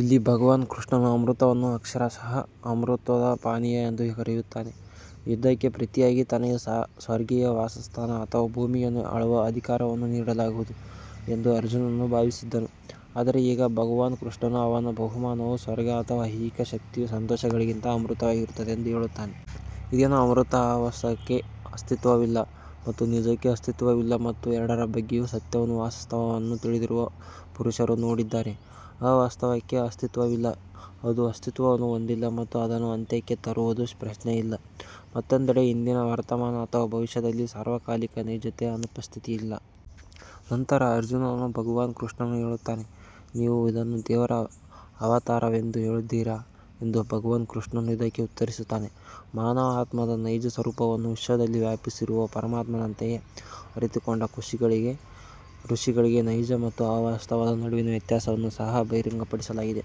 ಇಲ್ಲಿ ಭಗವಾನ್ ಕೃಷ್ಣನು ಅಮೃತವನ್ನು ಅಕ್ಷರಶಃ ಅಮರತ್ವದ ಪಾನೀಯ ಎಂದು ಕರೆಯುತ್ತಾನೆ. ಯುದ್ಧಕ್ಕೆ ಪ್ರತಿಯಾಗಿ ತನಗೆ ಸ್ವರ್ಗೀಯ ವಾಸಸ್ಥಾನ ಅಥವಾ ಭೂಮಿಯನ್ನು ಆಳುವ ಅಧಿಕಾರವನ್ನು ನೀಡಲಾಗುವುದು ಎಂದು ಅರ್ಜುನನು ಭಾವಿಸಿದ್ದನು. ಆದರೆ ಈಗ ಭಗವಾನ್ ಕೃಷ್ಣನು ಅವನ ಬಹುಮಾನವು ಸ್ವರ್ಗ ಅಥವಾ ಐಹಿಕ ಶಕ್ತಿಯ ಸಂತೋಷಗಳಿಗಿಂತ ಅಮೃತವಾಗಿರುತ್ತದೆ ಎಂದು ಹೇಳುತ್ತಾನೆ. ಇದೇನು ಅಮೃತ. ಅವಾಸ್ತವಕ್ಕೆ ಅಸ್ತಿತ್ವವಿಲ್ಲ ಮತ್ತು ನಿಜಕ್ಕೆ ಅಸ್ತಿತ್ವವಿಲ್ಲ ಮತ್ತು ಎರಡರ ಬಗ್ಗೆಯೂ ಸತ್ಯವನ್ನು ವಾಸ್ತವವನ್ನು ತಿಳಿದಿರುವ ಪುರುಷರು ನೋಡಿದ್ದಾರೆ. ಅವಾಸ್ತವಕ್ಕೆ ಅಸ್ತಿತ್ವವಿಲ್ಲ ಅದು ಅಸ್ತಿತ್ವವನ್ನು ಹೊಂದಿಲ್ಲ ಮತ್ತು ಅದನ್ನು ಅಂತ್ಯಕ್ಕೆ ತರುವುದು ಪ್ರಶ್ನೆಯಿಲ್ಲ. ಮತ್ತೊಂದೆಡೆ ಹಿಂದಿನ ವರ್ತಮಾನ ಅಥವಾ ಭವಿಷ್ಯದಲ್ಲಿ ಸಾರ್ವಕಾಲಿಕ ನೈಜತೆಯ ಅನುಪಸ್ಥಿತಿಯಿಲ್ಲ. ನಂತರ ಅರ್ಜುನನು ಭಗವಾನ್ ಕೃಷ್ಣನನ್ನು ಕೇಳುತ್ತಾನೆ ನೀವು ಇದನ್ನು ದೇವರ ಅವತಾರವೆಂದು ಹೇಳುತ್ತಿದ್ದೀರಾ ಎಂದು. ಭಗವಾನ್ ಕೃಷ್ಣನು ಇದಕ್ಕೆ ಉತ್ತರಿಸುತ್ತಾನೆ ಮಾನವ ಆತ್ಮದ ನೈಜ ಸ್ವರೂಪವನ್ನು ವಿಶ್ವದಲ್ಲಿ ವ್ಯಾಪಿಸಿರುವ ಪರಮಾತ್ಮನಂತೆಯೇ ಅರಿತುಕೊಂಡ ಋಷಿಗಳಿಗೆ ನೈಜ ಮತ್ತು ಅವಾಸ್ತವದ ನಡುವಿನ ವ್ಯತ್ಯಾಸವನ್ನು ಸಹ ಬಹಿರಂಗಪಡಿಸಲಾಗಿದೆ.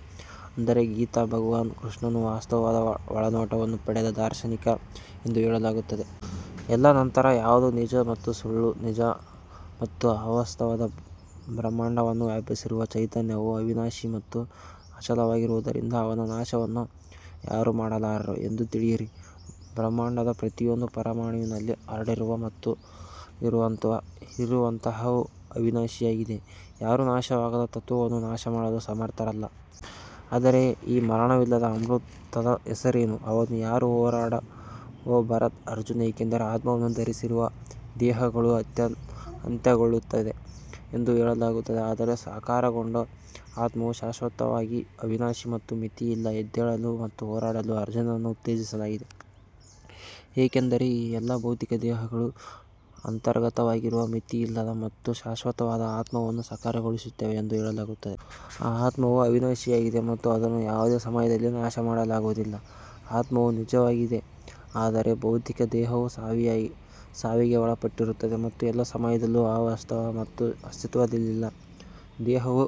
ಅಂದರೆ ಗೀತಾ ಭಗವಾನ್ ಕೃಷ್ಣನು ವಾಸ್ತವದ ಒಳನೋಟವನ್ನು ಪಡೆದ ದಾರ್ಶನಿಕ ಎಂದು ಹೇಳಲಾಗುತ್ತದೆ. ಎಲ್ಲಾ ನಂತರ ಯಾವುದು ನಿಜ ಮತ್ತು ಸುಳ್ಳು ನಿಜ ಮತ್ತು ಅವಾಸ್ತವ. ಬ್ರಹ್ಮಾಂಡವನ್ನು ವ್ಯಾಪಿಸಿರುವ ಚೈತನ್ಯವು ಅವಿನಾಶಿ ಮತ್ತು ಅಚಲವಾಗಿರುವುದರಿಂದ ಅವನ ನಾಶವನ್ನು ಯಾರೂ ಮಾಡಲಾರರು ಎಂದು ತಿಳಿಯಿರಿ. ಬ್ರಹ್ಮಾಂಡದ ಪ್ರತಿಯೊಂದು ಪರಮಾಣುವಿನಲ್ಲಿ ಹರಡಿರುವ ಮತ್ತು ಇರುವಂತಹವು ಅವಿನಾಶಿಯಾಗಿದೆ. ಯಾರೂ ನಾಶವಾಗದ ತತ್ವವನ್ನು ನಾಶಮಾಡಲು ಸಮರ್ಥರಲ್ಲ. ಆದರೆ ಈ ಮರಣವಿಲ್ಲದ ಅಮೃತದ ಹೆಸರೇನು. ಅವನು ಯಾರು. ಹೋರಾಡು ಓ ಭರತ ಅರ್ಜುನ. ಏಕೆಂದರೆ ಆತ್ಮವನ್ನು ಧರಿಸಿರುವ ದೇಹಗಳು ಅಂತ್ಯಗೊಳ್ಳುತ್ತವೆ ಎಂದು ಹೇಳಲಾಗುತ್ತದೆ ಆದರೆ ಸಾಕಾರಗೊಂಡ ಆತ್ಮವು ಶಾಶ್ವತವಾಗಿ ಅವಿನಾಶಿ ಮತ್ತು ಮಿತಿಯಿಲ್ಲ. ಎದ್ದೇಳಲು ಮತ್ತು ಹೋರಾಡಲು ಅರ್ಜುನನನ್ನು ಉತ್ತೇಜಿಸಲಾಗಿದೆ ಏಕೆಂದರೆ ಈ ಎಲ್ಲಾ ಭೌತಿಕ ದೇಹಗಳು ಅಂತರ್ಗತವಾಗಿರುವ ಮಿತಿಯಿಲ್ಲದ ಮತ್ತು ಶಾಶ್ವತವಾದ ಆತ್ಮವನ್ನು ಸಾಕಾರಗೊಳಿಸುತ್ತವೆ ಎಂದು ಹೇಳಲಾಗುತ್ತದೆ. ಈ ಆತ್ಮವು ಅವಿನಾಶಿಯಾಗಿದೆ ಮತ್ತು ಅದನ್ನು ಯಾವುದೇ ಸಮಯದಲ್ಲಿ ನಾಶಮಾಡಲಾಗುವುದಿಲ್ಲ. ಆತ್ಮವು ನಿಜವಾಗಿದೆ ಆದರೆ ಭೌತಿಕ ದೇಹವು ಸಾವಿಗೆ ಒಳಪಟ್ಟಿರುತ್ತದೆ ಮತ್ತು ಎಲ್ಲಾ ಸಮಯದಲ್ಲೂ ಅವಾಸ್ತವ ಮತ್ತು ಅಸ್ತಿತ್ವದಲ್ಲಿಲ್ಲ. ದೇಹವು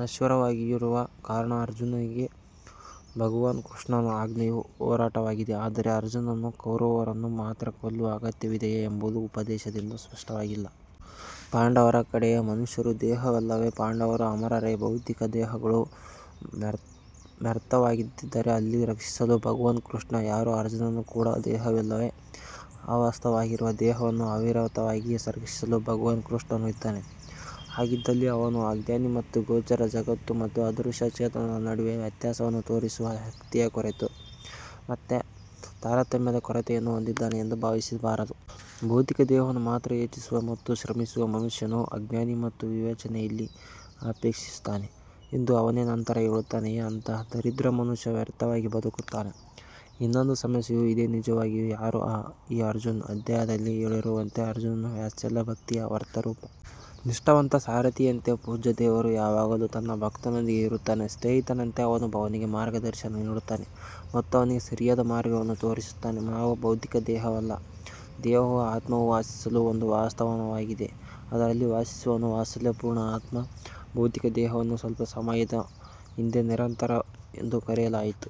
ನಶ್ವರವಾಗಿರುವ ಕಾರಣ ಅರ್ಜುನನಿಗೆ ಭಗವಾನ್ ಕೃಷ್ಣನ ಆಜ್ಞೆಯು ಹೋರಾಟವಾಗಿದೆ. ಆದರೆ ಅರ್ಜುನನು ಕೌರವರನ್ನು ಮಾತ್ರ ಕೊಲ್ಲುವ ಅಗತ್ಯವಿದೆಯೇ ಎಂಬುದು ಉಪದೇಶದಿಂದ ಸ್ಪಷ್ಟವಾಗಿಲ್ಲ. ಪಾಂಡವರ ಕಡೆಯ ಮನುಷ್ಯರೂ ದೇಹವಲ್ಲವೇ. ಪಾಂಡವರು ಅಮರರೇ. ಭೌತಿಕ ದೇಹಗಳು ಮರ್ತ್ಯವಾಗಿದ್ದರೆ ಅಲ್ಲಿ ರಕ್ಷಿಸಲು ಭಗವಾನ್ ಕೃಷ್ಣ ಯಾರು. ಅರ್ಜುನನು ಕೂಡ ದೇಹವಲ್ಲವೇ. ಅವಾಸ್ತವವಾಗಿರುವ ದೇಹವನ್ನು ಅವಿರತವಾಗಿ ರಕ್ಷಿಸಲು ಭಗವಾನ್ ಕೃಷ್ಣನು ಇದ್ದಾನೆ. ಹಾಗಿದ್ದಲ್ಲಿ ಅವನೂ ಅಜ್ಞಾನಿ ಮತ್ತು ಗೋಚರ ಜಗತ್ತು ಮತ್ತು ಅದೃಶ್ಯ ಚೇತನದ ನಡುವೆ ವ್ಯತ್ಯಾಸವನ್ನು ತೋರಿಸುವ ಶಕ್ತಿಯ ಕೊರತೆ ಮತ್ತು ತಾರತಮ್ಯದ ಕೊರತೆಯನ್ನು ಹೊಂದಿದ್ದಾನೆ ಎಂದು ಭಾವಿಸಬಾರದು. ಭೌತಿಕ ದೇಹವನ್ನು ಮಾತ್ರ ಯೋಚಿಸುವ ಮತ್ತು ಶ್ರಮಿಸುವ ಮನುಷ್ಯನು ಅಜ್ಞಾನಿ ಮತ್ತು ವಿವೇಚನೆಯಲ್ಲಿ ಅಪೇಕ್ಷಿಸುತ್ತಾನೆ ಎಂದು ಅವನೇ ನಂತರ ಹೇಳುತ್ತಾನೆಯೇ. ಅಂತಹ ದರಿದ್ರ ಮನುಷ್ಯ ವ್ಯರ್ಥವಾಗಿ ಬದುಕುತ್ತಾನೆ. ಇನ್ನೊಂದು ಸಮಸ್ಯೆಯೂ ಇದೆ. ನಿಜವಾಗಿಯೂ ಯಾರು ಈ ಅರ್ಜುನ್. ಅಧ್ಯಾಯದಲ್ಲಿ ಹೇಳಿರುವಂತೆ ಅರ್ಜುನನು ವಾತ್ಸಲ್ಯ ಭಕ್ತಿಯ ಮೂರ್ತರೂಪ. ನಿಷ್ಠಾವಂತ ಸಾರಥಿಯಂತೆ ಪೂಜ್ಯ ದೇವರು ಯಾವಾಗಲೂ ತನ್ನ ಭಕ್ತನೊಂದಿಗೆ ಇರುತ್ತಾನೆ. ಸ್ನೇಹಿತನಂತೆ ಅವನು ಅವನಿಗೆ ಮಾರ್ಗದರ್ಶನ ನೀಡುತ್ತಾನೆ ಮತ್ತು ಅವನಿಗೆ ಸರಿಯಾದ ಮಾರ್ಗವನ್ನು ತೋರಿಸುತ್ತಾನೆ. ನಾವು ಭೌತಿಕ ದೇಹವಲ್ಲ. ದೇಹವು ಆತ್ಮವು ವಾಸಿಸಲು ಒಂದು ವಾಸಸ್ಥಾನವಾಗಿದೆ. ಅದರಲ್ಲಿ ವಾಸಿಸುವವನು ವಾತ್ಸಲ್ಯಪೂರ್ಣ ಆತ್ಮ. ಭೌತಿಕ ದೇಹವನ್ನು ಸ್ವಲ್ಪ ಸಮಯದ ಹಿಂದೆ ನಿರಂತರ ಎಂದು ಕರೆಯಲಾಯಿತು.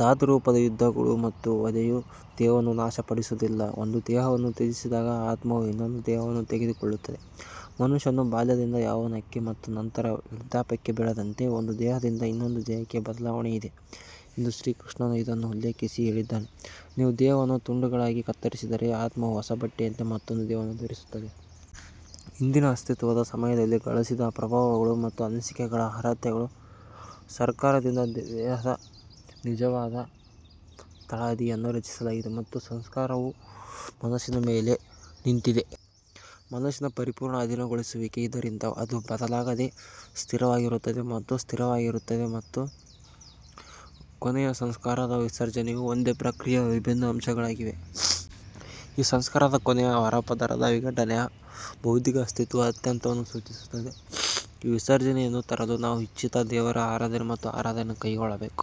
ಧಾತುರೂಪದ ಯುದ್ಧಗಳು ಮತ್ತು ವಧೆಯು ದೇಹವನ್ನು ನಾಶಪಡಿಸುವುದಿಲ್ಲ. ಒಂದು ದೇಹವನ್ನು ತ್ಯಜಿಸಿದಾಗ ಆತ್ಮವು ಇನ್ನೊಂದು ದೇಹವನ್ನು ತೆಗೆದುಕೊಳ್ಳುತ್ತದೆ. ಮನುಷ್ಯನು ಬಾಲ್ಯದಿಂದ ಯೌವನಕ್ಕೆ ಮತ್ತು ನಂತರ ವೃದ್ಧಾಪ್ಯಕ್ಕೆ ಬೆಳೆದಂತೆ ಒಂದು ದೇಹದಿಂದ ಇನ್ನೊಂದು ದೇಹಕ್ಕೆ ಬದಲಾವಣೆ ಇದೆ ಎಂದು ಶ್ರೀಕೃಷ್ಣನು ಇದನ್ನು ಉಲ್ಲೇಖಿಸಿ ಹೇಳಿದ್ದಾನೆ. ನೀವು ದೇಹವನ್ನು ತುಂಡುಗಳಾಗಿ ಕತ್ತರಿಸಿದರೆ ಆತ್ಮವು ಹೊಸ ಬಟ್ಟೆಯಂತೆ ಮತ್ತೊಂದು ದೇಹವನ್ನು ಧರಿಸುತ್ತದೆ. ಹಿಂದಿನ ಅಸ್ತಿತ್ವದ ಸಮಯದಲ್ಲಿ ಗಳಿಸಿದ ಪ್ರಭಾವಗಳು ಮತ್ತು ಅನಿಸಿಕೆಗಳ ಅರ್ಹತೆಗಳು ಸಂಸ್ಕಾರದಿಂದ ದೇಹದ ನಿಜವಾದ ತಳಹದಿಯನ್ನು ರಚಿಸಲಾಗಿದೆ. ಮತ್ತು ಸಂಸ್ಕಾರವು ಮನಸ್ಸಿನ ಮೇಲೆ ನಿಂತಿದೆ. ಮನಸ್ಸಿನ ಪರಿಪೂರ್ಣ ಅಧೀನಗೊಳಿಸುವಿಕೆ ಇದರಿಂದ ಅದು ಬದಲಾಗದೆ ಸ್ಥಿರವಾಗಿರುತ್ತದೆ ಮತ್ತು ಸ್ಥಿರವಾಗಿರುತ್ತದೆ ಮತ್ತು ಕೊನೆಯ ಸಂಸ್ಕಾರದ ವಿಸರ್ಜನೆಯು ಒಂದೇ ಪ್ರಕ್ರಿಯೆಯ ವಿಭಿನ್ನ ಅಂಶಗಳಾಗಿವೆ. ಈ ಸಂಸ್ಕಾರದ ಕೊನೆಯ ಹೊರಪದರದ ವಿಘಟನೆಯು ಭೌತಿಕ ಅಸ್ತಿತ್ವದ ಅಂತ್ಯವನ್ನು ಸೂಚಿಸುತ್ತದೆ. ಈ ವಿಸರ್ಜನೆಯನ್ನು ತರಲು ನಾವು ಇಚ್ಛಿತ ದೇವರ ಆರಾಧನೆ ಮತ್ತು ಆರಾಧನೆಯನ್ನು ಕೈಗೊಳ್ಳಬೇಕು.